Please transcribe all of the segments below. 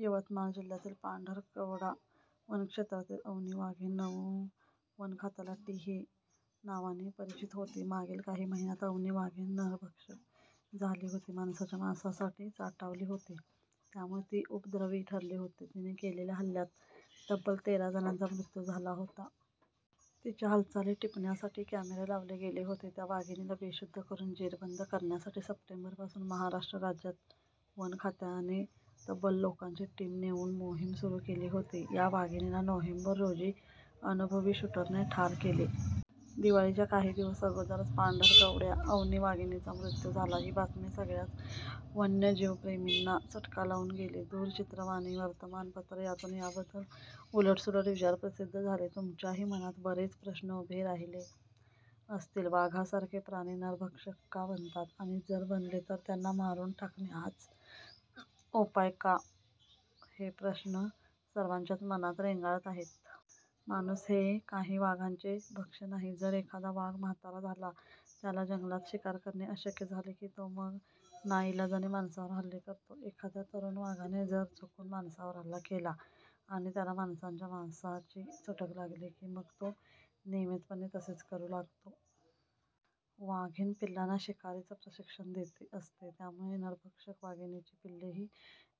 यवतमाळ जिल्यातील पांढरकवडा वनक्षेत्रातील अवनी वाघीण वनखात्याला 'टी- ' हे नावाने परिचित होती. मागील काही महिन्यांत अवनी वाघीण नरभक्षक झाली होती. माणसाच्या मांसासाठी चटावली होती. त्यामुळे ती उपद्रवी ठरली होती. तिने केलेल्या हल्ल्यात तब्बल तेरा जणांचा मृत्यू झाला होता. तिच्या हालचाली टिपण्यासाठी कॅमेरे लावले गेले होते. त्या वाघिणीला बेशुद्ध करुन जेरबंद करण्यासाठी सप्टेंबरपासून महाराष्ट्र राज्याच्या वनखात्याने तब्बल लोकांची टीम नेमून मोहीम सुरू केली होती. या वाघिणीला नोव्हेंबर रोजी अनुभवी शूटरने ठार केले. दिवाळीच्या काही दिवस अगोदरच पांढरकवड्याच्या अवनी वाघिणीचा मृत्यू झाला. ही बातमी सगळ्याच वन्यजीवप्रेमींना चटका लावून गेली. दूरचित्रवाणी, वर्तमानपत्र यांतून याबद्दल उलटसुलट विचार प्रसिद्ध झाले. तुमच्याही मनात बरेच प्रश्न उभे राहिले असतील. वाघासारखे प्राणी नरभक्षक का बनतात, आणि जर बनले तर त्यांना मारून टाकणे हाच उपाय असतो का- हे प्रश्न सर्वांच्याच मनात रेंगाळत आहेत. माणूस हे काही वाघाचे भक्ष नाही. जर एखादा वाघ म्हातारा झाला, त्याला जंगलात शिकार करणे अशक्य झाले की तो मग नाईलाजाने माणसावर हल्ले करतो. एखाद्या तरुण वाघाने जर चुकून माणसावर हल्ला केला आणि त्याला माणसाच्या मांसाची चटक लागली की, मग तो नियमितपणे तसेच करू लागतो. वाघीण पिल्लांना शिकारीचं प्रशिक्षण देत असते. त्यामुळे नरभक्षक वाघिणीची पिल्लेही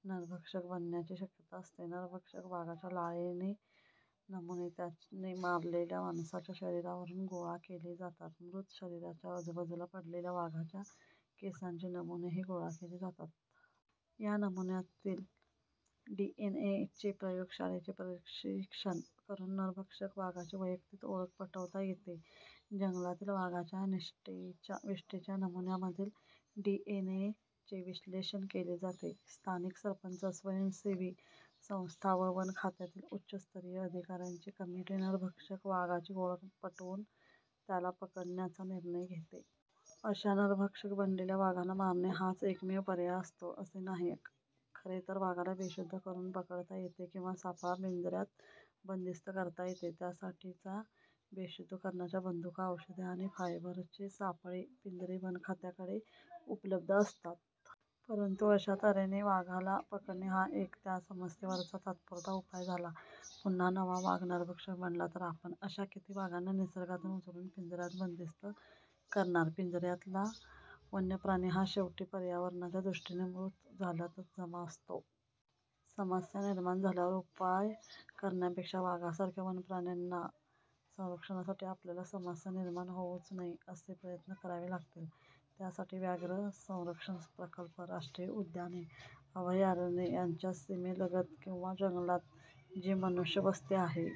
नरभक्षक बनण्याची शक्यता असते. नरभक्षक वाघाच्या लाळेचे नमुने त्याने मारलेल्या माणसाच्या शरीरावरून गोळा केले जातात. मृत शरीराच्या आजूबाजूला पडलेल्या वाघाच्या केसांचे नमुनेही गोळा केले जातात. या नमुन्यांमधील डी. एन. ए. चे प्रयोगशाळेत परीक्षण करून नरभक्षक वाघाची वैयक्तिक ओळख पटवता येते. जंगलातील वाघांच्या विष्ठेच्या नमुन्यांमधील डी. एन. ए. चे विश्लेषण केले जाते. स्थानिक सरपंच, स्वयंसेवी संस्था व वनखात्यातील उच्चस्तरीय अधिका-यांची कमिटी नरभक्षक वाघाची ओळख पटवून त्याला पकडण्याचा निर्णय घेते. अशा नरभक्षक बनलेल्या वाघाला मारणे हाच एकमेव पर्याय असतो असे नाही, खरेतर. वाघाला बेशुद्ध करून पकडता येते किंवा सापळा पिंज-यात बंदिस्त करता येते. त्यासाठीच्या बेशुद्धीकरणाच्या बंदुका, औषधे आणि फायबरचे सापळे, पिंजरे वनखात्याकडे उपलब्ध असतात. परंतु अशा त-हेने वाघाला पकडणे हा एक त्या समस्येवरचा तात्पुरता उपाय झाला. पुन्हा नवा वाघ नरभक्षक बनला तर आपण अशा किती वाघांना निसर्गातून उचलून पिंज-यात बंदिस्त करणार? पिंज-यातला वन्यप्राणी हा शेवटी पर्यावरणाच्या दृष्टीने मृत झाल्यातच जमा असतो. समस्या निर्माण झाल्यावर उपाय करण्यापेक्षा वाघासारख्या वन्यप्राण्यांच्या संरक्षणासाठी आपल्याला समस्या निर्माण होऊच नये असे प्रयत्न करावे लागतील. त्यासाठी व्याघ्र संरक्षण प्रकल्प, राष्ट्रीय उद्याने, अभयारण्ये यांच्या सीमेलगत किंवा जंगलात जी मनुष्यवस्ती आहे